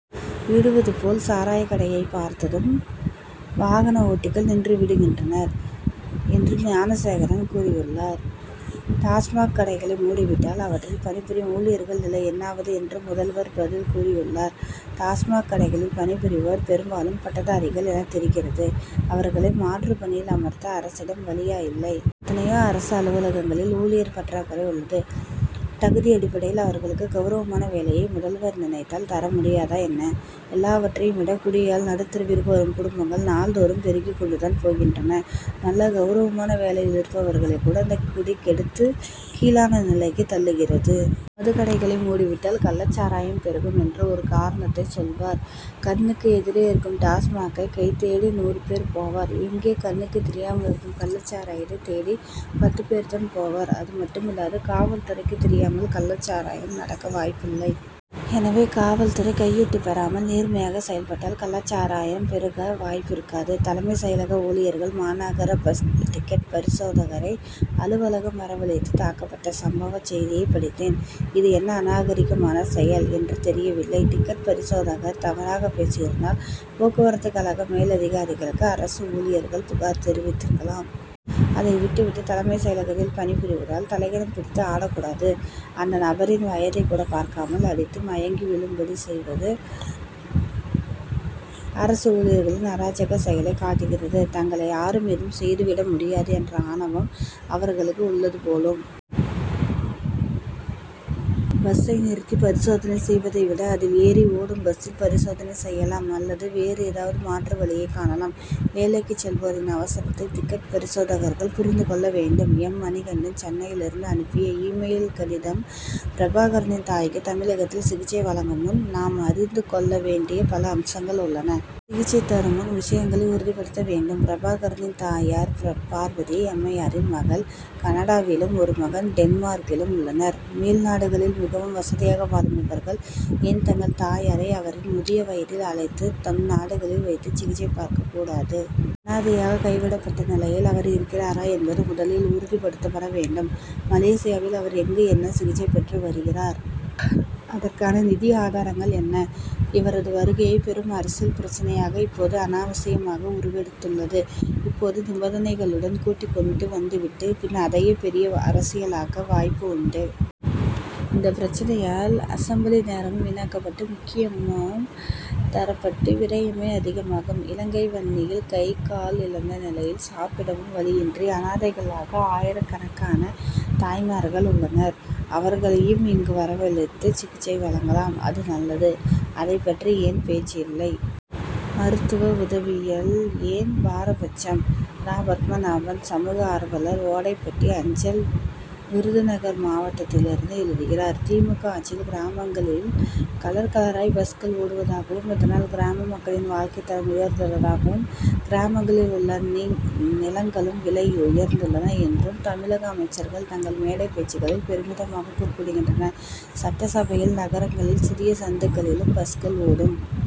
விடுவது போல் சாராயக் கடையைப் பார்த்ததும் வாகன ஓட்டிகள் நின்று விடுகின்றனர் என்று ஞானசேகரன் கூறியுள்ளார். டாஸ்மாக் கடைகளை மூடிவிட்டால் அவற்றில் பணிபுரியும் ஊழியர்கள் நிலை என்னாவது என்று முதல்வர் பதில் கூறியுள்ளார். டாஸ்மாக் கடைகளில் பணிபுரிவோர் பெரும்பாலும் பட்டதாரிகள் என தெரிகிறது. அவர்களை மாற்று பணியில் அமர்த்த அரசிடம் வழியா இல்லை. எத்தனையோ அரசு அலுவலகங்களில் ஊழியர் பற்றாக்குறை உள்ளது. தகுதி அடிப்படையில் அவர்களுக்கு கவுரவமான வேலையை முதல்வர் நினைத்தால் தர முடியாதா என்ன. எல்லாவற்றையும் விட குடியால் நடுத்தெருவிற்கு வரும் குடும்பங்கள் நாள்தோறும் பெருகிக் கொண்டுதான் போகின்றன. நல்ல கவுரவமான வேலையில் இருப்பவர்களைக் கூட இந்த குடி கெடுத்து கீழான நிலைக்கு தள்ளுகிறது. மதுக்கடைகளை மூடிவிட்டால் கள்ளச் சாராயம் பெருகும் என்று ஒரு காரணத்தைச் சொல்வர். கண்ணுக்கு எதிரே இருக்கும் டாஸ்மாக் கைத் தேடி நூறு பேர் போவர். எங்கோ கண்ணுக்குத் தெரியாமல் இருக்கும் கள்ளச் சாராயத்தைத் தேடி பத்து பேர் தான் போவர். அதுமட்டுமல்லாது காவல் துறைக்குத் தெரியாமல் கள்ளச் சாராயம் நடக்க வாய்ப்பில்லை. எனவே காவல்துறை கையூட்டு பெறாமல் நேர்மையாக செயல்பட்டால் கள்ளச் சாராயம் பெருக வாய்ப்பிருக்காது. தலைமைச் செயலக ஊழியர்கள் மாநகரப் பஸ் டிக்கெட் பரிசோதகரை அலுவலகம் வரவழைத்து தாக்கப்பட்ட சம்பவ செய்தியை படித்தேன். இது என்ன அநாகரிகமான செயல் என்று தெரியவில்லை. டிக்கெட் பரிசோதகர் தவறாகப் பேசியிருந்தால் போக்குவரத்துக் கழக மேலதிகாரிகளுக்கு அரசு ஊழியர்கள் புகார் தெரிவித்திருக்கலாம். அதை விட்டு விட்டு தலைமைச் செயலகத்தில் பணிபுரிவதால் தலைக்கனம் பிடித்து ஆடக் கூடாது. அந்த நபரின் வயதைக் கூடப் பார்க்காமல் அடித்து மயங்கி விழும்படி செய்வது அரசு ஊழியர்களின் அராஜகச் செயலைக் காட்டுகிறது. தங்களை யாரும் எதுவும் செய்து விட முடியாது என்ற ஆணவம் அவர்களுக்கு உள்ளது போலும். பஸ்சை நிறுத்தி பரிசோதனை செய்வதை விட அதில் ஏறி ஓடும் பஸ்சில் பரிசோதனை செய்யலாம் அல்லது வேறு ஏதாவது மாற்று வழியைக் காணலாம். வேலைக்கு செல்வோரின் அவசரத்தை டிக்கெட் பரிசோதகர்கள் புரிந்து கொள்ள வேண்டும். எம். மணிகண்டன் சென்னையிலிருந்து அனுப்பிய இ-மெயில் கடிதம் பிரபாகரனின் தாய்க்கு தமிழகத்தில் சிகிச்சை வழங்கும் முன் நாம் அறிந்து கொள்ள வேண்டிய பல அம்சங்கள் உள்ளன. சிகிச்சை தருமுன் பல விஷயங்களை உறுதிப்படுத்த வேண்டும். பிரபாகரனின் தாயார் பார்வதி அம்மையாரின் மகள் கனடாவிலும் ஒரு மகன் டென்மார்க்கிலும் உள்ளனர். மேல்நாடுகளில் மிகவும் வசதியாக வாழும் இவர்கள் ஏன் தங்கள் தாயாரை அவரின் முதிய வயதில் அழைத்து தம் நாடுகளில் வைத்து சிகிச்சை பார்க்கக் கூடாது. அனாதையாக கைவிடப்பட்ட நிலையில் அவர் இருக்கிறாரா என்பது முதலில் உறுதிப்படுத்தப்பட வேண்டும். மலேசியாவில் அவர் எங்கு என்ன சிகிச்சை பெற்று வருகிறார். அதற்கான நிதி ஆதாரங்கள் என்ன. இவரது வருகையே பெரும் அரசியல் பிரச்னையாக இப்போது அனாவசியமாக உருவெடுத்துள்ளது. இப்போது நிபந்தனைகளுடன் கூட்டிக்கொண்டு வந்துவிட்டு பின் அதையே பெரிய அரசியலாக்க வாய்ப்பு உண்டு. இந்தப் பிரச்னையால் அசெம்பிளி நேரமும் வீணாக்கப்பட்டு முக்கியமும் தரப்பட்டு விரயமே அதிகமாகும். இலங்கை வன்னியில் கை கால் இழந்த நிலையில் சாப்பிடவும் வழியின்றி அனாதைகளாக ஆயிரக்கணக்கான தாய்மார்கள் உள்ளனர். அவர்களையும் இங்கு வரவழைத்து சிகிச்சை வழங்கலாம் அது நல்லது. அதைப் பற்றி ஏன் பேச்சு இல்லை. மருத்துவ உதவியில் ஏன் பாரபட்சம். ரா. பத்மநாதன் சமூக ஆர்வலர் ஓடைப்பட்டி அஞ்சல் விருதுநகர் மாவட்டத்திலிருந்து எழுதுகிறார் தி. மு. க. ஆட்சியில் கிராமங்களில் கலர் கலராய் பஸ்கள் ஓடுவதாகவும் இதனால் கிராம மக்களின் வாழ்க்கை தரம் உயர்ந்துள்ளதாகவும் கிராமங்களில் உள்ள நிலங்களும் விலை உயர்ந்துள்ளன என்றும் தமிழக அமைச்சர்கள் தங்கள் மேடை பேச்சுகளில் பெருமிதமாக குறிப்பிடுகின்றனர். சட்டசபையில் நகரங்களில் சிறிய சந்துகளிலும் பஸ்கள் ஓடும்.